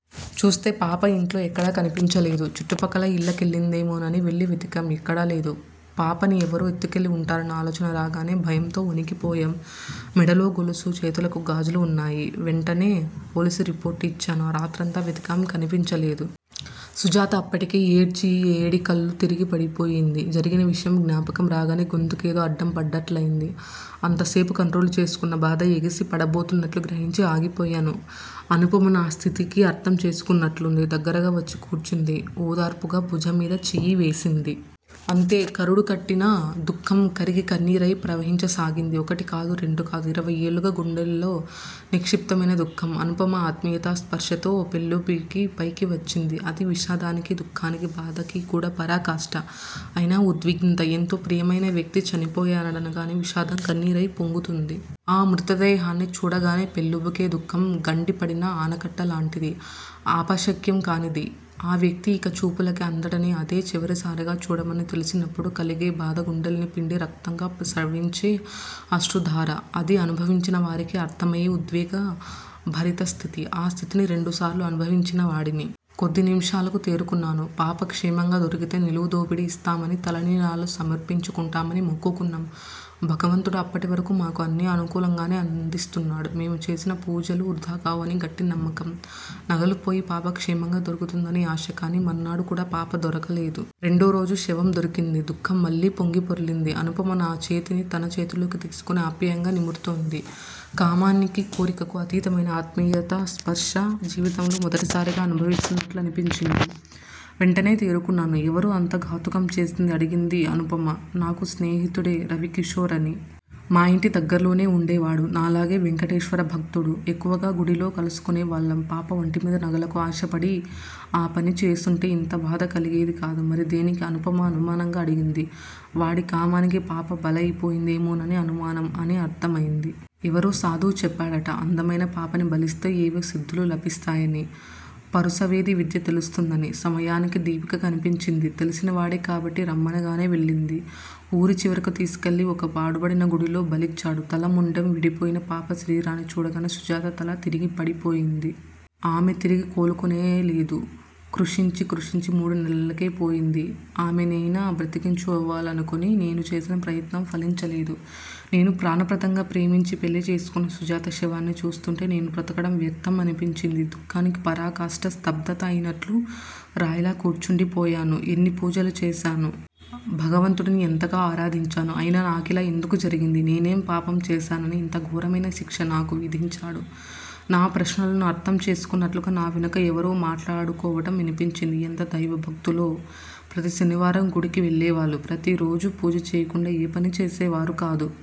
చూస్తే పాప ఇంట్లో ఎక్కడా కనిపించలేదు. చుట్టు పక్కల ఇళ్ళకెళ్ళిందేమోనని వెళ్ళి వెతికాం. ఎక్కడా లేదు. పాపని ఎవరో ఎత్తుకెళ్ళి వుంటారన్న ఆలోచన రాగానే భయంతో వణికిపోయాం. మెడలో గొలుసు, చేతులకు గాజులు వున్నాయి. వెంటనే పోలీసు రిపోర్టు యిచ్చాను. ఆ రాత్రంతా వెతికాం కనిపించలేదు. సుజాత అప్పటికే ఏడ్చి ఏడికళ్ళు తిరిగి పడిపోయింది. జరిగిన విషయం జ్ఞాపకం రాగానే గొంతుకేదో అడ్డం పడ్డట్లయింది. అంతసేపు కంట్రోలు చేసుకున్న బాధ ఎగిసి పడబోతున్నట్లు గ్రహించి ఆగిపోయాను. అనుపమ నా స్థితికి అర్ధం చేసుకున్నట్లుంది. దగ్గరగా వచ్చి కూర్చుంది- ఓదార్పుగా భుజంమీద చెయ్యి వేసింది. అంతే కరుడు గట్టిన దుఃఖం కరిగి కన్నీరై ప్రవహించసాగింది. ఒకటి కాదు, రెండు కాదు- ఇరవై ఏళ్ళుగా గుండెల్లో నిక్షిప్తమైన దుఃఖం. అనుపమ ఆత్మీయతా స్పర్శతో పెల్లుబికి పైకి వచ్చింది. అది విషాదానికి, దుఃఖానికి, బాధకీ కూడా పరాకాష్ట. అయినా ఉద్విగ్నత. ఎంతో ప్రియమయిన వ్యక్తి చనిపోయాడనగానే విషాదం కన్నీరై పొంగుతుంది. ఆ మృతదేహాన్ని చూడగానే పెల్లుబికే దుఃఖం గండి పడిన ఆనకట్టలాంటిది. ఆపశక్యం కానిది. ఆ వ్యక్తి ఇక చూపులకి అందడని అదే చివరిసారిగా చూడమని తెలిసినప్పుడు కలిగే బాధ గుండెల్ని పిండి రక్తంగా స్రవించే అశ్రుధార. అది అనుభవించిన వారికే అర్ధమయ్యే ఉద్వేగ భరితస్థితి. ఆ స్థితిని రెండుసార్లు అనుభవించిన వాడిని. కొద్ది నిమిషాలకు తేరుకున్నాను. పాప క్షేమంగా దొరికితే నిలువుదోపిడి యిస్తామని, తలనీలాలు సమర్పించుకుంటామని మొక్కుకున్నాం. భగవంతుడు అప్పటివరకూ మాకు అన్నీ అనుకూలంగానే అందిస్తున్నాడు. మేము చేసిన పూజలు వృధా కావు అని గట్టినమ్మకం. నగలు పోయి పాప క్షేమంగా దొరుకుతుందని ఆశ. కాని మర్నాడు కూడా పాప దొరకలేదు. రెండోరోజు శవందొరికింది- దుఃఖం మళ్ళీ పొంగి పొర్లింది. అనుపమ నా చేతిని తన చేతిలోకి తీసుకుని. ఆప్యాయంగా నిమురుతోంది. కామానికి, కోరికకు అతీతమైన ఆత్మీయతా స్పర్శ జీవితంలో మొదటిసారిగా అనుభవిస్తున్నట్లనిపించింది. వెంటనే తేరుకున్నాను. ఎవరు అంత ఘాతుకం చేసింది? అడిగింది అనుపమ. నాకు స్నేహితుడే రవికిశోర్ అని. మా ఇంటి దగ్గర్లోనే వుండేవాడు. నాలాగే వేంకటేశ్వర భక్తుడు. ఎక్కువగా గుడిలో కలుసుకునే వాళ్ళం. పాప వంటిమీద నగలకు ఆశపడి ఆ పని చేసుంటే ఇంత బాధ కలిగేది కాదు. మరి దేనికి? అనుపమ అనుమానంగా అడిగింది. వాడి కామానికి పాప బలయిపోయిందేమోనని అనుమానం అని అర్ధమైంది. ఎవరో సాధువు చెప్పాడట. అందమైన పాపని బలిస్తే ఏవో సిద్దులు లభిస్తాయని, పరుసవేది విద్య తెలుస్తుందనీ. సమయానికి దీపిక కనిపించింది. తెలిసినవాడే కాబట్టి రమ్మనగానే వెళ్ళింది. ఊరి చివరకు తీసుకెళ్ళి ఒక పాడుపడిన గుడిలో బలిచ్చాడు. తల, మొండెం విడిపోయిన పాప శరీరాన్ని చూడగానే సుజాత తల తిరిగి పడిపోయింది. ఆమె తిరిగి కోలుకోనేలేదు. కృశించి, కృశించి మూడు నెలలకే పోయింది. ఆమెనైనా బ్రతికించుకోవాలని నేను చేసిన ప్రయత్నం ఫలించలేదు. నేను ప్రాణప్రదంగా ప్రేమించి పెళ్ళి చేసుకున్న సుజాత శవాన్ని చూస్తుంటే నేను బ్రతకడం వ్యర్ధం అనిపించింది. దుఃఖానికి పరాకాష్ట స్తబ్దత అయినట్లు రాయిలా కూర్చుండిపోయాను. ఎన్ని పూజలు చేశాను? భగవంతుడిని ఎంతగా ఆరాధించాను. అయినా నాకిలా ఎందుకు జరిగింది? నేనేం పాపం చేశానని ఇంత ఘోరమైన శిక్ష నాకు విధించాడు? నా ప్రశ్నలను అర్ధం చేసుకున్నట్లుగా నా వెనుక ఎవరో మాట్లాడుకోవటం వినిపించింది. ఎంత దైవభక్తులో! ప్రతి శనివారం గుడికి వెళ్ళేవాళ్ళు. ప్రతిరోజూ పూజ చెయ్యకుండా ఏ పనీ చేసేవారుకాదు.